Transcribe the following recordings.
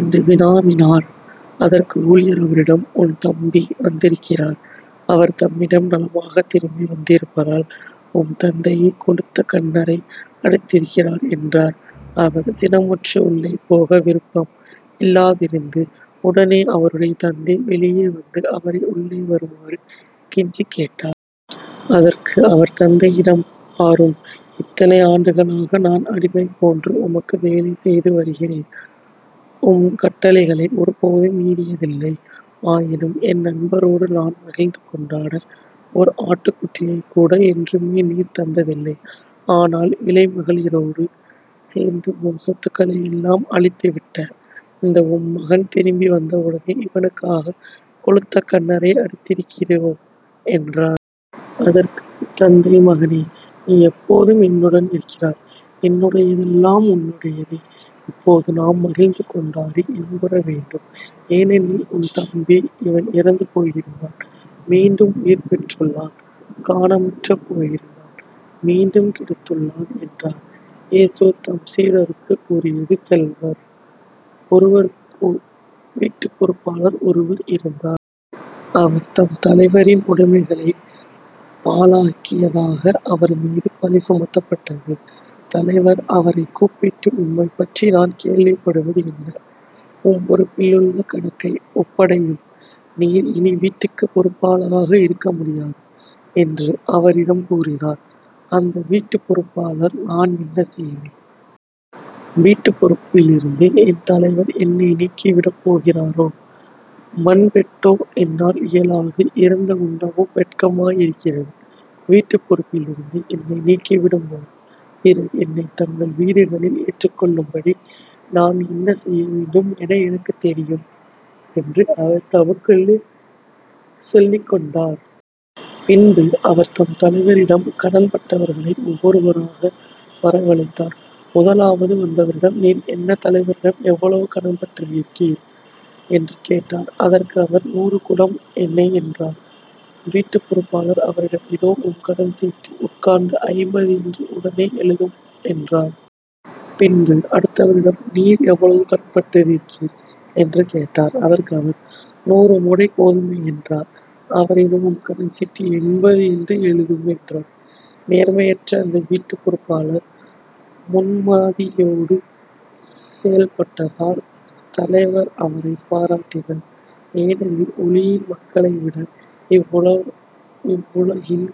என்று வினவினார். அதற்கு ஊழியர் அவரிடம் உம் தம்பி வந்திருக்கிறார். அவர் தம்மிடம் நலமாகத் திரும்பி வந்திருப்பதால் உம் தந்தை கொழுத்த கன்னறை அடைத்திருக்கிறார் என்றார். அவர் சினமுற்று உள்ளே போக விருப்பம் இல்லாதிருந்து. உடனே அவருடைய தந்தை வெளியே வந்து அவரை உள்ளே வருமாறு கெஞ்சிக் கேட்டார். அதற்கு அவர் தந்தையிடம் பாரும் இத்தனை ஆண்டுகளாக நான் அடிமைபோன்று உமக்கு வேலை செய்துவருகிறேன். உம் கட்டளைகளை ஒருபோதும் மீறியதில்லை. ஆயினும் என் நண்பரோடு நான் மகிழ்ந்துகொண்டாட ஓர் ஆட்டுக்குட்டியைக்கூட என்றுமே நீர் தந்ததில்லை. ஆனால் விலைமகளிரோடு சேர்ந்து உம் சொத்துகளையெல்லாம் அழித்துவிட்ட இந்த உம் மகன் திரும்பி வந்தவுடனே இவனுக்காகக் கொழுத்த கன்னறை அடித்திருக்கிற என்றார். அதற்குத் தந்தை மகனே நீ எப்போதும் என்னுடன் இருக்கிறாய் என்னுடையதெல்லாம் உன்னுடையதே. இப்போது நாம் மகிழ்ந்துகொண்டாடி இன்புற வேண்டும். ஏனெனில் உன் தம்பி இவன் இறந்து போயிவிட்டான் மீண்டும் உயிர்பெற்றுள்ளான். காணாமற்றுபோயிருந்தான் மீண்டும் கிடைத்துள்ளான் என்றார். இயேசு தம் சீடருக்குக் கூறியது செல்வர் ஒருவருக்கு வீட்டுப் பொறுப்பாளர் ஒருவர் இருந்தார். அவர் தம் தலைவரின் உடைமைகளைப் பாழாக்கியதாக அவர்மீது பழி சுமத்தப்பட்டது. தலைவர் அவரைக் கூப்பிட்டு உம்மைப்பற்றி நான் கேள்விப்படுவது என்ன? உம் பொறுப்பிலுள்ள கணக்கை ஒப்படையும். நீர் இனி வீட்டுக்குப் பொறுப்பாளராய் இருக்க முடியாது என்று அவரிடம் கூறினார். அந்த வீட்டுப் பொறுப்பாளர் நான் என்ன செய்வேன்? வீட்டுப் பொறுப்பிலிருந்து என் தலைவர் என்னை நீக்கி விடப்போகிறாரோ. மண்வெட்டோ என்னால் இயலாது இரந்து உண்ணவும் வெட்கமாய் இருக்கிறது. வீட்டுப் பொறுப்பிலிருந்து என்னை நீக்கிவிடும் போது பிறர் என்னைத் தங்கள் வீடுகளில் ஏற்றுக்கொள்ளும்படி நான் என்ன செய்யவேண்டும் என எனக்குத் தெரியும் என்று அவர் தமக்குள்ளே சொல்லிக்கொண்டார். பின்பு அவர் தம் தலைவரிடம் கடன்பட்டவர்களை ஒவ்வொருவராக வரவழைத்தார். முதலாவது வந்தவரிடம் நீர் என் தலைவரிடம் எவ்வளவு கடன்பட்டிருக்கிறீர்? என்று கேட்டார். அதற்கு அவர் நூறு குடம் எண்ணெய் என்றார். வீட்டுப் பொறுப்பாளர் அவரிடம் இதோ உம் கடன் சீட்டு உட்கார்ந்து ஐம்பது என்று உடனே எழுதும் என்றார். பின்பு அடுத்தவரிடம் நீர் எவ்வளவு கடன்பட்டிருக்கிறீர்? என்று கேட்டார். அதற்கு அவர் நூறு முடி கோதுமை என்றார். அவர் இதோ உம் கடன் சீட்டு எண்பது என்று எழுதும் என்றார். நேர்மையற்ற அந்த வீட்டுப் பொறுப்பாளர் முன்மதியோடு செயல்பட்டதால் தலைவர் அவரைப் பாராட்டினார். ஏனெனில் ஒளியின் மக்களைவிட இவ்வுலகின்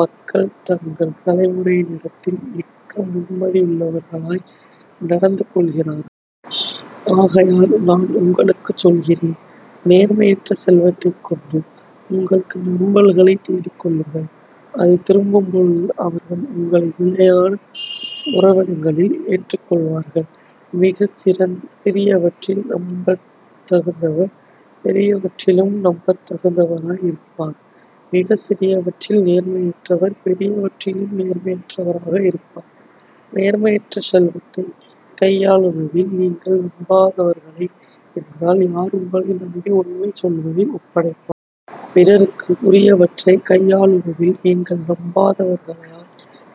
மக்கள் தங்கள் தலைமுறையினிடத்தில் மிக்க முன்மதியுள்ளவர்களாய் நடந்துகொள்ளுகிறார். ஆகையால் நான் உங்களுக்குச் சொல்கிறேன் நேர்மையற்ற செல்வத்தைக்கொண்டு உங்களுக்கு நண்பர்களைத் தேடிக்கொள்ளுங்கள். அது திரும்பும்பொழுது அவர்கள் உங்களை நிலையான உறைவிடங்களில் ஏற்றுக் கொள்வார்கள். மிகச் சிறியவற்றில் நம்பத் தகுந்தவர் பெரியவற்றிலும் நம்பத் தகுந்தவராய் இருப்பார். மிகச் சிறியவற்றில் நேர்மையற்றவர் பெரியவற்றிலும் நேர்மையற்றவராக இருப்பார். நேர்மையற்ற செல்வத்தைக் கையாளுவதில் நீங்கள் நம்பாதவராய் இருந்தால் யார் உங்களை நம்பி உண்மைச் செல்வதை ஒப்படைப்பார்? பிறருக்கு உரியவற்றைக் கையாளுவதில் நீங்கள் நம்பாதவர்களாய்ப்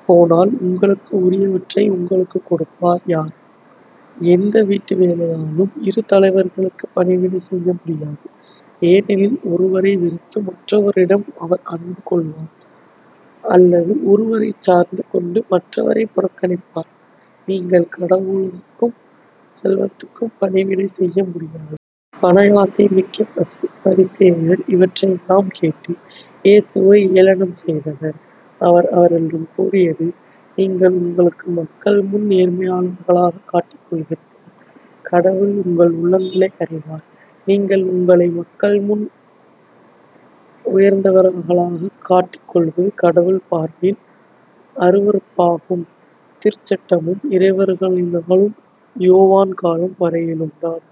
போனால் உங்களுக்கு உரியவற்றை உங்களுக்குக் கொடுப்பார் யார்? எந்த வீட்டு வேலையாளும் இரு தலைவர்களுக்குப் பணிவிடை செய்யமுடியாது ஏனெனில் ஒருவரை வெறுத்து மற்றவரிடம் அவர் அன்பு கொள்வார் அல்லது ஒருவரைச் சார்ந்து கொண்டு மற்றவரைப் புறக்கணிப்பார். நீங்கள் கடவுளுக்கும் செல்வத்துக்கும் பணிவிடை செய்யமுடியாது. பண ஆசைமிக்க பரிசேயர் இவற்றையெல்லாம் கேட்டு இயேசுவை ஏளனம் செய்தனர். அவர் அவர்களிடம் கூறியது நீங்கள் உங்களுக்கு மக்கள்முன் நேர்மையாளராகக் காட்டிக் கொள்கிறீர்கள். கடவுள் உங்கள் உள்ளங்களை அறிவார். நீங்கள் உங்களை மக்கள்முன் உயர்ந்தவர்களாகக் காட்டிக் கொள்வது கடவுள் பார்வையில் அருவருப்பாகும். திருச்சட்டமும் இறைவர்னர்களும் யோவான் காலம் வரையிலும் தான்.